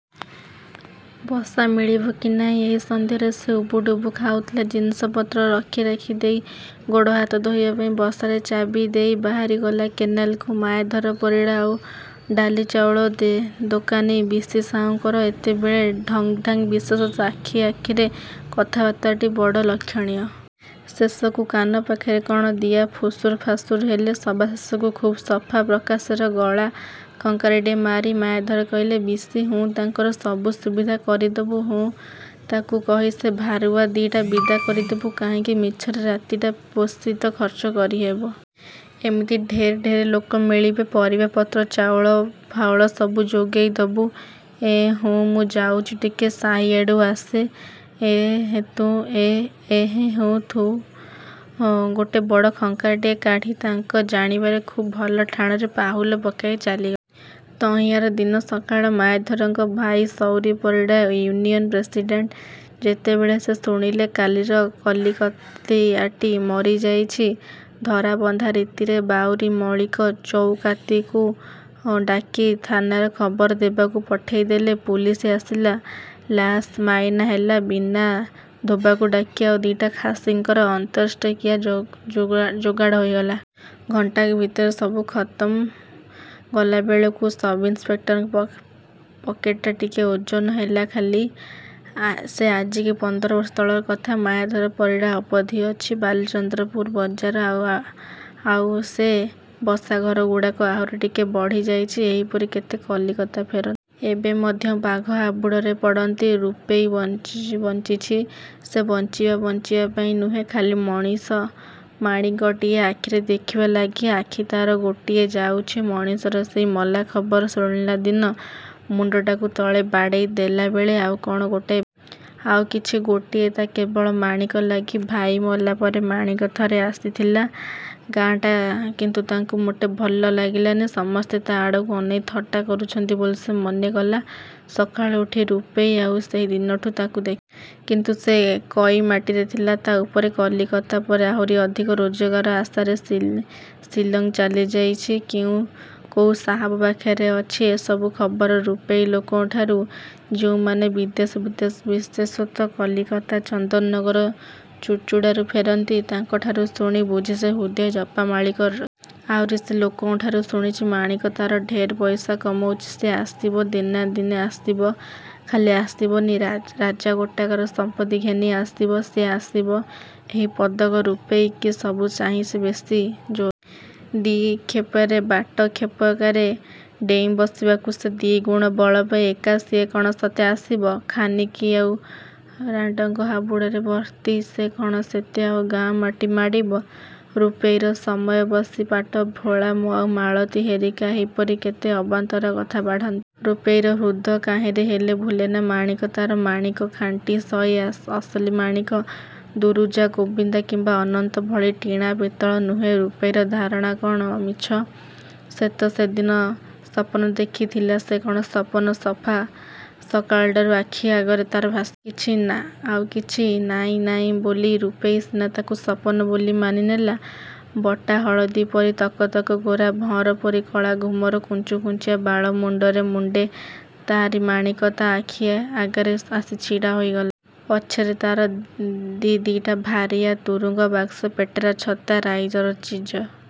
ବସା ମିଳିବ କି ନାହିଁ ଏହି ସନ୍ଦେହରେ ସେ ଉବୁଡ଼ୁବୁ ଖାଉଥିଲା। ଜିନିଷପତ୍ର ରଖିରାଖି ଦେଇ, ଗୋଡ଼ହାତ ଧୋଇବା ପାଇଁ ବସାରେ ଚାବି ଦେଇ ବାହାରି ଗଲା କେନାଲକୁ। ମାୟାଧର ପରିଡ଼ା ଆଉ ଡାଲି ଚାଉଳ ଦୋକାନୀ ବିଶି ସାହୁଙ୍କର ଏତେବେଳର ଢଙ୍ଗ୍ଢ଼ାଙ୍ଗ୍ ବିଶେଷତଃ ଆଖି ଆଖିର କଥାବାର୍ତ୍ତାଟା ବଡ଼ ଲକ୍ଷଣୀୟ। ଶେଷକୁ କାନ ପାଖରେ କଣ ଦି'କଥା ଫୁସୁର୍ ଫାସର୍ ହେଲେ। ସବାଶେଷକୁ ଖୁବ୍ ସଫା–ପ୍ରକାଶ୍ୟରେ, ଗଳା ଖଙ୍କାରଟାଏ ମାରି ମାୟାଧର କହିଲେ–ବିଶି, ହୁଁ, ତାଙ୍କର ସବୁ ସୁବିଧା କରିଦବୁ। ହୁଁ, ତାକୁ କହି ସେ ଭାରୁଆ ଦି'ଟାକୁ ବିଦା କରିଦେବୁ। କାହିଁକି ମିଛରେ ରାତିଟା ପୋଷି ତ' ଖର୍ଚ୍ଚ ହେବେ। ଏଠିତ ଢେର୍ ଢ଼େର୍ ଲୋକ ମିଳିବେ। ପରିବାପତ୍ର ଚାଉଳ ଫାଉଳ ସବୁ ଯୋଗେଇ ଦବୁ। ଏଁ ହୁଁ, ମୁଁ ଯାଉଚି ଟିକେ ସାହିଆଡ଼ୁ ଆସେ..., ଏଁ ହେଁ, ଥୁଁ... ଗୋଟା ବଡ଼ ଖଙ୍କାରଟାଏ କାଢ଼ି, ତାଙ୍କ ଜାଣିବାରେ ଖୁବ୍ ଭଲ ଠାଣିରେ ପାହୁଲ ପକାଇ ଚାଲିଗଲେ। ତହିଁଆର ଦିନ ସକାଳ। ମାୟାଧରଙ୍କ ଭାଇ ସଉରି ପରିଡ଼ା ୟୁନିଅନ୍ ପ୍ରେସିଡ଼େଣ୍ଟ। ଯେତେବେଳେ ସେ ଶୁଣିଲେ, କାଲିର କଲିକତିଆଟା ମରିଯାଇଚି, ଧରାବନ୍ଧା ରୀତିରେ ବାଉରି ମଳିକ ଚଉକିଆକୁ ଡାକି ଥାନାରେ ଖବର ଦେବାକୁ ପଠେଇଦେଲେ। ପୁଲିସ ଆସିଲା। ଲାଶ୍ ମାଇନା ହେଲା। ବିନା ଧୋବାକୁ ଡାକି ଆଉ ଦି'ଟା ଖାସିଙ୍କର ଅନ୍ତ୍ୟେଷ୍ଟିକ୍ରିୟାର ଯୋଗାଡ଼ ହୋଇଗଲା। ଘଣ୍ଟାକ ଭିତରେ ସବୁ ଖତ୍ମ। ଗଲାବେଳକୁ ସବ୍ଇନ୍ସପେକ୍ଟରଙ୍କ ପକେଟ୍ଟା ଟିକେ ଓଜନ ହେଲା ଖାଲି। ସେ ଆଜିକି ପନ୍ଦର ବର୍ଷ ତଳର କଥା। ମାୟାଧର ପରିଡ଼ା ଅବଧି ଅଛି। ବାଲିଚନ୍ଦ୍ରପୁର ବଜାର ଆଉ ସେ ବସାଘରଗୁଡ଼ାକ ଆହୁରି ଟିକେ ବି ବଢ଼ି ଯାଇଚି। ଏହିପରି କେତେ କଲିକତା ଫେରନ୍ତା। ଏବେ ମଧ୍ୟ ବାଘ ହାବୁଡ଼ରେ ପଡ଼ନ୍ତି। ରୂପେଇ ବଞ୍ଚିଚି। ସେ ବଞ୍ଚିବା ବଞ୍ଚିବା ପାଇଁ ନୁହେଁ, ଖାଲି ମାଣିକଟିକି ଆଖିରେ ଦେଖିବା ଲାଗି। ଆଖି ତାର ଗୋଟିଏ ଯାଇଚି, ମଣିର ସେହି ମଲା ଖବର ଶୁଣିଲା ଦିନ ମୁଣ୍ଡଟାକୁ ତଳେ ବାଡ଼େଇ ଦେଲାବେଳେ କଣ ଗୋଟା ବାଜିଯାଇ। ଆଉ ଅଛି ଗୋଟିଏ–ତା' କେବଳ ମାଣିକ ଲାଗି। ଭାଇ ମଲା ପରେ ମାଣିକ ଥରେ ଆସିଥିଲା। ଗାଁଟା କିନ୍ତୁ ତାକୁ ମୋଟେ ଭଲ ଲାଗିଲାନି। ସମସ୍ତେ ତା' ଆଡ଼କୁ ଅନେଇ ଥଟ୍ଟା କରୁଚନ୍ତି ବୋଲି ସେ ମନେ କଲା। ସକାଳୁ ଉଠି ରୂପେଇ ଆଉ। ସେହି ଦିନଠୁଁ ତାକୁ ଦେଖିନି। କିନ୍ତୁ ସେ କଇମାଟିରେ ଥିଲା। ତା'ପରେ କଲିକତା, ପରେ ଆହୁରି ଅଧିକ ରୋଜଗାର ଆଶାରେ ଶିଲଂ ଚାଲିଯାଇଚି। କୋଉ ସାହାଵ ପାଖରେ ଅଛି। ଏହିସବୁ ଖବର ରୂପେଇ ଲୋକଙ୍କଠାରୁ, ଯେଉଁମାନେ ବିଦେଶ ବିଶେଷତଃ, କଲିକତା, ଚନ୍ଦନ ନଗର, ଚୁଡ଼ୁଚୁଡ଼ାରୁ ଫେରନ୍ତି, ତାଙ୍କଠାରୁ ଶୁଣି ବୁଝି ସେ ହୃଦୟ ଜପାମାଳି କରି ରଖିଚି। ଆହୁରି ସେ ଲୋକଙ୍କଠାରୁ ଶୁଣିଚି ମାଣିକ ତାର ଢେର୍ ପଇସା କମଉଚି। ସିଏ ଆସିବ, ଦିନେ ନା ଦିନେ ଆସିବ। ଖାଲି ଆସିବନି, ରାଜା ଗୋଟାକର ସମ୍ପତ୍ତି ଘେନି ଆସିବ। ସିଏ ଆସିବ। ଏହି ପଦକ ରୂପେଇ କି ସବୁ ଚାହିଁ ଦିଏ ବେଶି ଜୋର। ଦି'କ୍ଷେପାର ବାଟ କ୍ଷେପାକରେ ଡେଇଁ ପଡ଼ିବାକୁ ସେ ଦି'ଗୁଣ ବଳ ପାଏ। "ଏକା ସିଏ କଣ ସତେ ଆସିବ। ଖାନିକୀ ଆଉ ରାଣ୍ଡଙ୍କ ହାବୁଡ଼ରୁ ବର୍ତ୍ତି ସେ କଣ ସତେ ଆଉ ଗାଁ ମାଟି ମାଡ଼ିବ। " ରୂପେଇର ସମବୟସୀ ପାଟ, ଭୋଳାମା, ଆଉ ମାଳତୀ ହେରିକା ଏହିପରି କେତେ ଅବାନ୍ତର କଥା ବାଢ଼ନ୍ତି। ରୂପେଇର ହୃଦ କାହିଁରେ ହେଲେ ଭୁଲେନା। ମାଣିକ ତା'ର ମାଣିକ, ଖାଣ୍ଟିସଇ, ଅସଲି ମାଣିକ। ଦୁରୁଜା, ଗୋବିନ୍ଦା କିମ୍ବା ଅନନ୍ତ! ଭଳି ଟିଣା, ପିତଳ ନୁହେଁ। ରୂପେଇର ଧାରଣା କଣ ମିଛ? ସେତ ସେଦିନ ସପନ ଦେଖିଥିଲା। ସେ କଣ ସପନ-! ସଫା ସକାଳଟାରୁ ଆଖି ଆଗରେ ତା'ର ଭାସିଗଲା। ଆଉ କିଛି ନାଁ ନାଇଁ ବୋଲି ରୂପେଇ ସିନା ତାକୁ ସପନ ବୋଲି ମାନି ନେଲା। ବଟା ହଳଦି ପରି ତକତକ ଗୋରା, ଭଅଁର ପରି କଳା ଘୁମର କୁଞ୍ଚୁକୁଞ୍ଚିଆ ବାଳ ମୁଣ୍ଡରେ ମୁଣ୍ଡେ ତାରି ମାଣିକ। ତା' ଆଖି ଆଗରେ ଆସି ଛିଡ଼ା ହୋଇଗଲା। ପଛରେ ତାର ଦି' ଦି'ଟା ଭାରିଆ। ତୁରୁଙ୍ଗ, ବାକ୍ସ, ପେଟେରା, ଛତା, ରାଇଜର ଚିଜ।